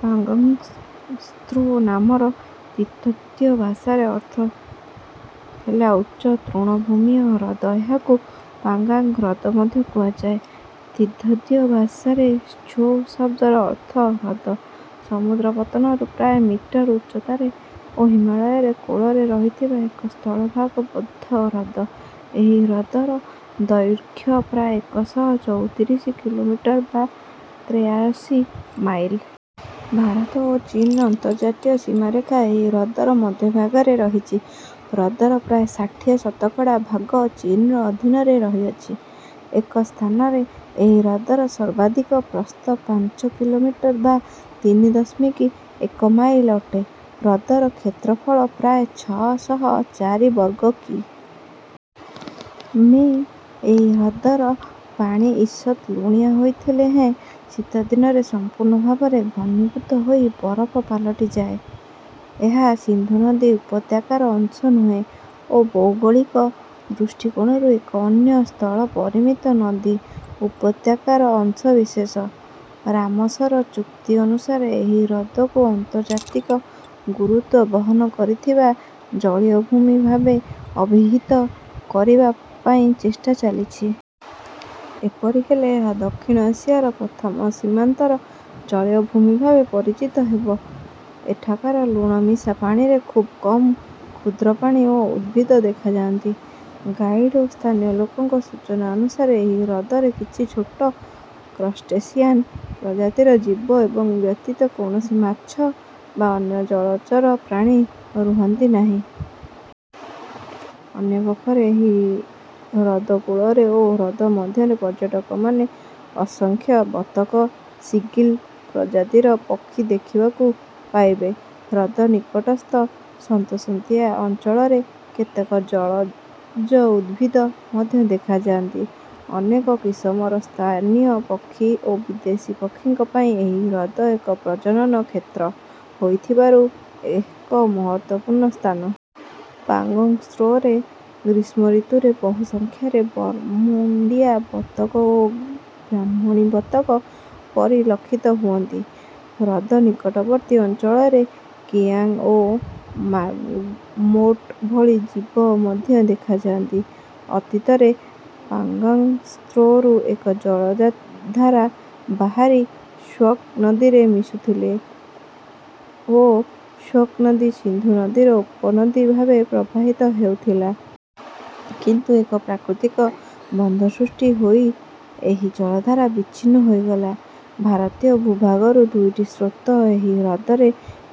ପାଂଗୋଂଗ୍ ତ୍ସୋ ନାମର ତିବ୍ୱତୀୟ ଭାଷାରେ ଅର୍ଥ ହେଲା ଉଚ୍ଚ ତୃଣଭୂମୀୟ ହ୍ରଦ। ଏହାକୁ ପାଂଗୋଂଗ୍ ହ୍ରଦ ମଧ୍ୟ କୁହାଯାଏ। ତିବ୍ୱତୀୟ ଭାଷାରେ ତ୍ସୋ ଶବ୍ଦର ଅର୍ଥ ହ୍ରଦ। ସମୁଦ୍ରପତନରୁ ପ୍ରାୟ ମିଟର୍ ଉଚ୍ଚତାରେ ଓ ହିମାଳୟରେ କୋଳରେ ରହିଥିବା ଏକ ସ୍ଥଳଭାଗବଦ୍ଧ ହ୍ରଦ। ଏହି ହ୍ରଦର ଦୈର୍ଘ୍ୟ ପ୍ରାୟ ଏକ ଶହ ଚଉତିରିଶ କିଲୋମିଟର୍ ବା ତେୟାଅଶୀ ମାଇଲ୍। ଭାରତ ଓ ଚୀନର ଅନ୍ତର୍ଜାତୀୟ ସୀମାରେଖା ଏହି ହ୍ରଦର ମଧ୍ୟଭାଗରେ ରହିଛି। ହ୍ରଦର ପ୍ରାୟ ଷାଠିଏ ଶତକଡା ଭାଗ ଚୀନର ଅଧୀନରେ ରହିଛି। ଏକ ସ୍ଥାନରେ ଏହି ହ୍ରଦର ସର୍ବାଧିକ ପ୍ରସ୍ଥ ପାଞ୍ଚ କିଲୋମିଟର୍ ବା ତିନି ଦଶମିକ ଏକ ମାଇଲ୍ ଅଟେ। ହ୍ରଦର କ୍ଷେତ୍ରଫଳ ପ୍ରାୟ ଛଅ ଶହ ଚାରି ବର୍ଗ କି. ମି.। ଏହି ହ୍ରଦର ପାଣି ଈଷତ୍ ଲୁଣିଆ ହୋଇଥିଲେ ହେଁ ଶୀତଦିନରେ ସମ୍ପୂର୍ଣ୍ଣ ଭାବେ ଘନୀଭୂତ ହୋଇ ବରଫ ପାଲଟିଯାଏ। ଏହା ସିନ୍ଧୁ ନଦୀ ଉପତ୍ୟକାର ଅଂଶ ନୁହେଁ ଓ ଭୌଗୋଳିକ ଦୃଷ୍ଟିକୋଣରୁ ଏକ ଅନ୍ୟ ସ୍ଥଳପରିମୀତ ନଦୀ ଉପତ୍ୟକାର ଅଂଶବିଶେଷ। ରାମସର ଚୁକ୍ତି ଅନୁସାରେ ଏହି ହ୍ରଦକୁ ଅନ୍ତର୍ଯାତିକ ଗୁରୁତ୍ତ୍ୱ ବହନ କରୁଥିବା ଜଳୀୟଭୂମି ଭାବେ ଅଭିହିତ କରିବା ପାଇଁ ଚେଷ୍ଟା ଚାଲିଛି। ଏପରି ହେଲେ ଏହା ଦକ୍ଷିଣ ଏସିଆର ପ୍ରଥମ ସୀମାନ୍ତର ଜଳୀୟଭୂମି ଭାବେ ପରିଚିତ ହେବ। ଏଠାକାର ଲୁଣମିଶା ପାଣିରେ ଖୁବ୍ କମ୍ କ୍ଷୁଦ୍ରପ୍ରାଣୀ ଓ ଉଦ୍ଭିଦ ଦେଖାଯାନ୍ତି। ଗାଇଡ୍ ଓ ସ୍ଥାନୀୟ ଲୋକଙ୍କ ସୂଚନାନୁସାରେ ଏହି ହ୍ରଦରେ କିଛି ଛୋଟ କ୍ରଷ୍ଟେସିୟାନ୍ ପ୍ରଜାତିର ଜୀବ ଙ୍କ ବ୍ୟତୀତ କୌଣସି ମାଛ ବା ଅନ୍ୟ ଜଳଚର ପ୍ରାଣୀ ରୁହନ୍ତି ନାହିଁ। ଅନ୍ୟ ପକ୍ଷରେ ଏହି ହ୍ରଦକୂଳରେ ଓ ହ୍ରଦମଧ୍ୟରେ ପର୍ଯ୍ୟଟକମାନେ ଅସଂଖ୍ୟ ବତକ ସିଗଲ୍ ପ୍ରଜାତିର ପକ୍ଷୀ ଦେଖିବାକୁ ପାଇବେ। ହ୍ରଦ ନିକଟସ୍ଥ ସନ୍ତସନ୍ତିଆ ଅଞ୍ଚଳରେ କେତେକ ଜଳଜ ଉଦ୍ଭିଦ ମଧ୍ୟ ଦେଖାଯାନ୍ତି। ଅନେକ କିସମର ସ୍ଥାନୀୟ ପକ୍ଷୀ ଓ ବିଦେଶୀ ପକ୍ଷୀଙ୍କ ପାଇଁ ଏହି ହ୍ରଦ ଏକ ପ୍ରଜନନ କ୍ଷେତ୍ର ହୋଇଥିବାରୁ ଏକ ମହତ୍ତ୍ୱପୂର୍ଣ୍ଣ ସ୍ଥାନ। ପାଂଗୋଂଗ୍ ତ୍ସୋରେ ଗ୍ରୀଷ୍ମଋତୁରେ ବହୁ ସଂଖ୍ୟାରେ ବାର୍ମୁଣ୍ଡିଆ ବତକ ଓ ବ୍ରାହ୍ମଣୀ ବତକ ପରିଲକ୍ଷିତ ହୁଅନ୍ତି। ହ୍ରଦ ନିକଟବର୍ତ୍ତୀ ଅଞ୍ଚଳରେ କିଆଂଗ୍ ଓ ମାର୍ମୋଟ୍ ଭଳି ଜୀବ ମଧ୍ୟ ଦେଖାଯାନ୍ତି। ଅତୀତରେ ପାଂଗୋଂଗ୍ ତ୍ସୋରୁ ଏକ ଜଳଧାରା ବାହାରି ଶ୍ୟୋକ୍ ନଦୀରେ ମିଶୁଥିଲା ଓ ଶ୍ୟୋକ୍ ନଦୀ ସିନ୍ଧୁ ନଦୀର ଉପନଦୀ ଭାବେ ପ୍ରବାହିତ ହେଉଥିଲା। କିନ୍ତୁ ଏକ ପ୍ରାକୃତିକ ବନ୍ଧ ସୃଷ୍ଟି ହୋଇ ଏହି ଜଳଧାରା ବିଚ୍ଛିନ୍ନ ହୋଇଗଲା। ଭାରତୀୟ ଭୂଭାଗରୁ ଦୁଇଟି ସ୍ରୋତ ଏହି ହ୍ରଦରେ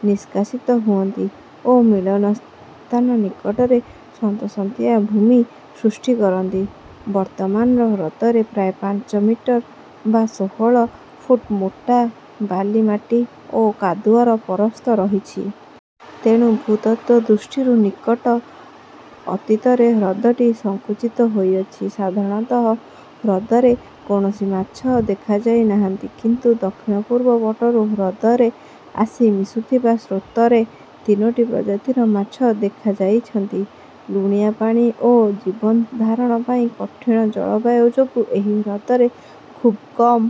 ନିଷ୍କାସିତ ହୁଅନ୍ତି ଓ ମିଳନ ସ୍ଥାନ ନିକଟରେ ସନ୍ତସନ୍ତିଆ ଭୂମି ସୃଷ୍ଟି କରନ୍ତି। ବର୍ତ୍ତମାନର ହ୍ରଦରେ ପ୍ରାୟ ପାଞ୍ଚ ମିଟର୍ ବା ଷୋହଳ ଫୁଟ୍ ମୋଟା ବାଲି ମାଟି ଓ କାଦୁଅର ପରସ୍ତ ରହିଛି। ତେଣୁ ଭୂତତ୍ତ୍ୱ ଦୃଷ୍ଟିରୁ ନିକଟ ଅତୀତରେ ହ୍ରଦଟି ସଂକୁଚିତ ହୋଇଅଛି। ସାଧାରଣତଃ ହ୍ରଦରେ କୌଣସି ମାଛ ଦେଖାଯାଇନାହାନ୍ତି। କିନ୍ତୁ ଦକ୍ଷିଣପୂର୍ବ ପଟରୁ ହ୍ରଦରେ ଆସି ମିଶୁଥିବା ସ୍ରୋତ ରେ ତିନୋଟି ପ୍ରଜାତିର ମାଛ ଦେଖାଯାଇଛନ୍ତି। ଲୁଣିଆ ପାଣି ଓ ଜୀବନଧାରଣ ପାଇଁ କଠିନ ଜଳବାୟୁ ଯୋଗୁଁ ଏହି ହ୍ରଦରେ ଖୁବ୍ କମ୍